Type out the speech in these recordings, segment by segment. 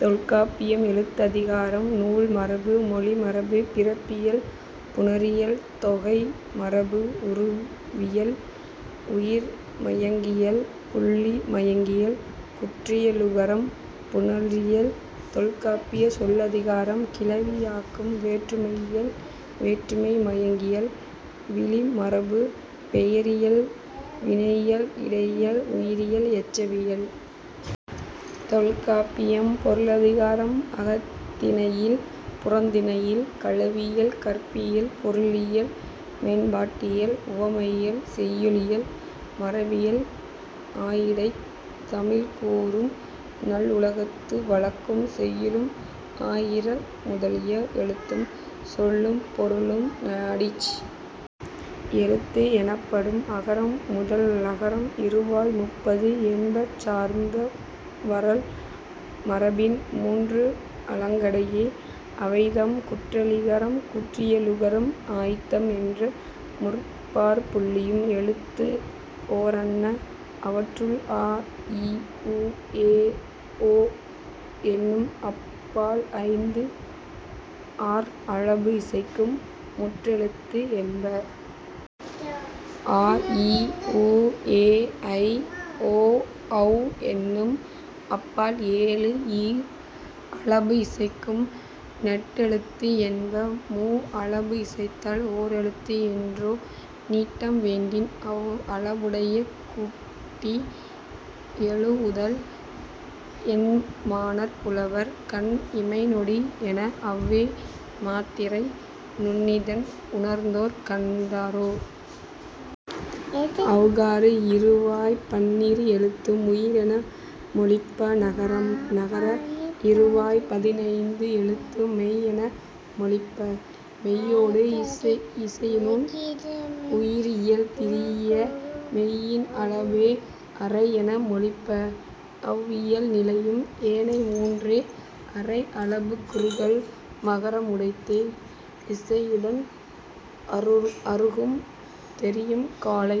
தொல்காப்பியம். எழுத்ததிகாரம் -- நூல் மரபு -- மொழி மரபு -- பிறப்பியல் -- புணரியல் தொகை மரபு உருபியல் --உயிர் மயங்கியல் -- புள்ளி மயங்கியல் குற்றியலுகரப் புணரியல். தொல்காப்பியம் சொல்லதிகாரம் -- கிளவியாக்கம் -- வேற்றுமையியல் -- வேற்றுமை மயங்கியல் -- விளி மரபு -- பெயரியல் -- வினையியல் -- இடையியல் -- உரியியல் -- எச்சவியல். தொல்காப்பியம் பொருளதிகாரம் -- அகத்திணையியல் -- புறத்திணையியல் -- களவியல் -- கற்பியல் -- பொருளியல் -- மெய்ப்பாட்டியல் -- உவமயியல் -- செய்யுளியல் -- மரபியல் ஆயிடைத் தமிழ் கூறும் நல் உலகத்து வழக்கும் செய்யுளும் ஆயிரு முதலின் எழுத்தும் சொல்லும் பொருளும் நாடிச் எழுத்து எனப்படுப அகரம் முதல் னகர இறுவாய் முப்பஃது என்ப சார்ந்து வரல் மரபின் மூன்று அலங்கடையே. அவைதாம், குற்றியலிகரம் குற்றியலுகரம் ஆய்தம் என்ற முப்பாற்புள்ளியும் எழுத்து ஓரன்ன. அவற்றுள், அ இ உ எ ஒ என்னும் அப் பால் ஐந்தும் ஓர் அளபு இசைக்கும் குற்றெழுத்து என்ப. ஆ ஈ ஊ ஏ ஐ ஓ ஔ என்னும் அப் பால் ஏழும் ஈர் அளபு இசைக்கும் நெட்டெழுத்து என்ப. மூ அளபு இசைத்தல் ஓர் எழுத்து இன்றே. நீட்டம் வேண்டின் அவ் அளபுடைய கூட்டி எழூஉதல் என்மனார் புலவர். கண் இமை நொடி என அவ்வே மாத்திரை நுண்ணிதின் உணர்ந்தோர் கண்ட ஆறே. ஔகார இறுவாய்ப் பன்னீர் எழுத்தும் உயிர் என மொழிப. னகார இறுவாய்ப் பதினெண் எழுத்தும் மெய் என மொழிப. மெய்யொடு இயையினும் உயிர் இயல் திரியா. மெய்யின் அளபே அரை என மொழிப. அவ் இயல் நிலையும் ஏனை மூன்றே. அரை அளபு குறுகல் மகரம் உடைத்தே இசையிடன் அருகும் தெரியும் காலை.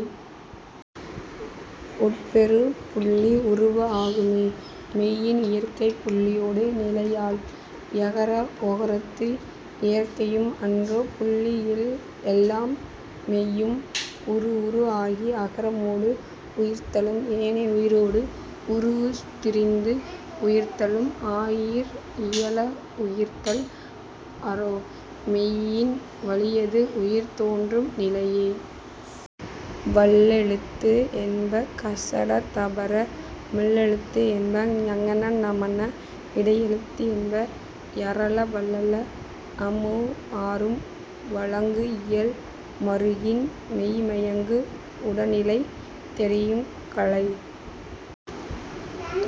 உட் பெறு புள்ளி உரு ஆகும்மே. மெய்யின் இயற்கை புள்ளியொடு நிலையல். எகர ஒகரத்து இயற்கையும் அற்றே. புள்ளி இல்லா எல்லா மெய்யும் உரு உரு ஆகி அகரமொடு உயிர்த்தலும் ஏனை உயிரொடு உருவு திரிந்து உயிர்த்தலும் ஆயீர் இயல உயிர்த்தல் ஆறே. மெய்யின் வழியது உயிர் தோன்று நிலையே. வல்லெழுத்து என்ப க ச ட த ப ற. மெல்லெழுத்து என்ப ங ஞ ண ந ம ன. இடையெழுத்து என்ப ய ர ல வ ழ ள. அம் மூ ஆறும் வழங்கு இயல் மருங்கின் மெய்ம்மயக்கு உடனிலை தெரியும் காலை.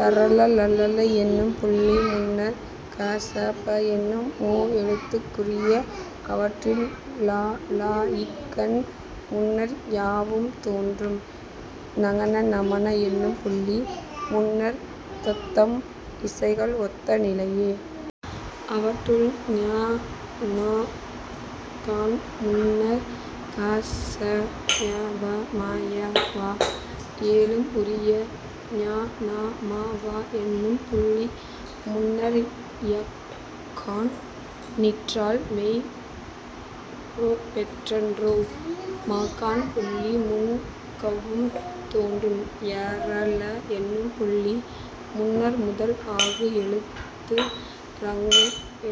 ட ற ல ள என்னும் புள்ளி முன்னர் க ச ப என்னும் மூ எழுத்து உரிய. அவற்றுள், ல ளஃகான் முன்னர் ய வவும் தோன்றும். ங ஞ ண ந ம ன எனும் புள்ளி முன்னர் தம்தம் இசைகள் ஒத்தன நிலையே. அவற்றுள், ண னஃகான் முன்னர் க ச ஞ ப ம ய வ ஏழும் உரிய. ஞ ந ம வ என்னும் புள்ளி முன்னர் யஃகான் நிற்றல் மெய் பெற்றன்றே. மஃகான் புள்ளி முன் வவ்வும் தோன்றும். ய ர ழ என்னும் புள்ளி முன்னர் முதல் ஆகு எழுத்து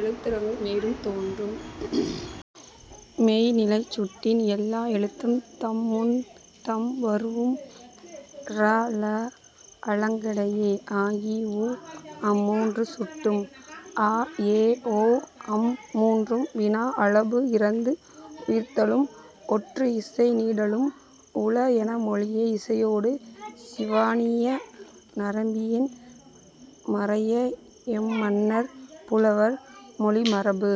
ஙகரமொடு தோன்றும். மெய்ந் நிலை சுட்டின் எல்லா எழுத்தும் தம் முன் தாம் வரூஉம் ர ழ அலங்கடையே. அ இ உ அம் மூன்றும் சுட்டு. ஆ ஏ ஓ அம் மூன்றும் வினா. அளபு இறந்து உயிர்த்தலும் ஒற்று இசை நீடலும் உள என மொழிப இசையொடு சிவணிய நரம்பின் மறைய என்மனார் புலவர்.. மொழி மரபு।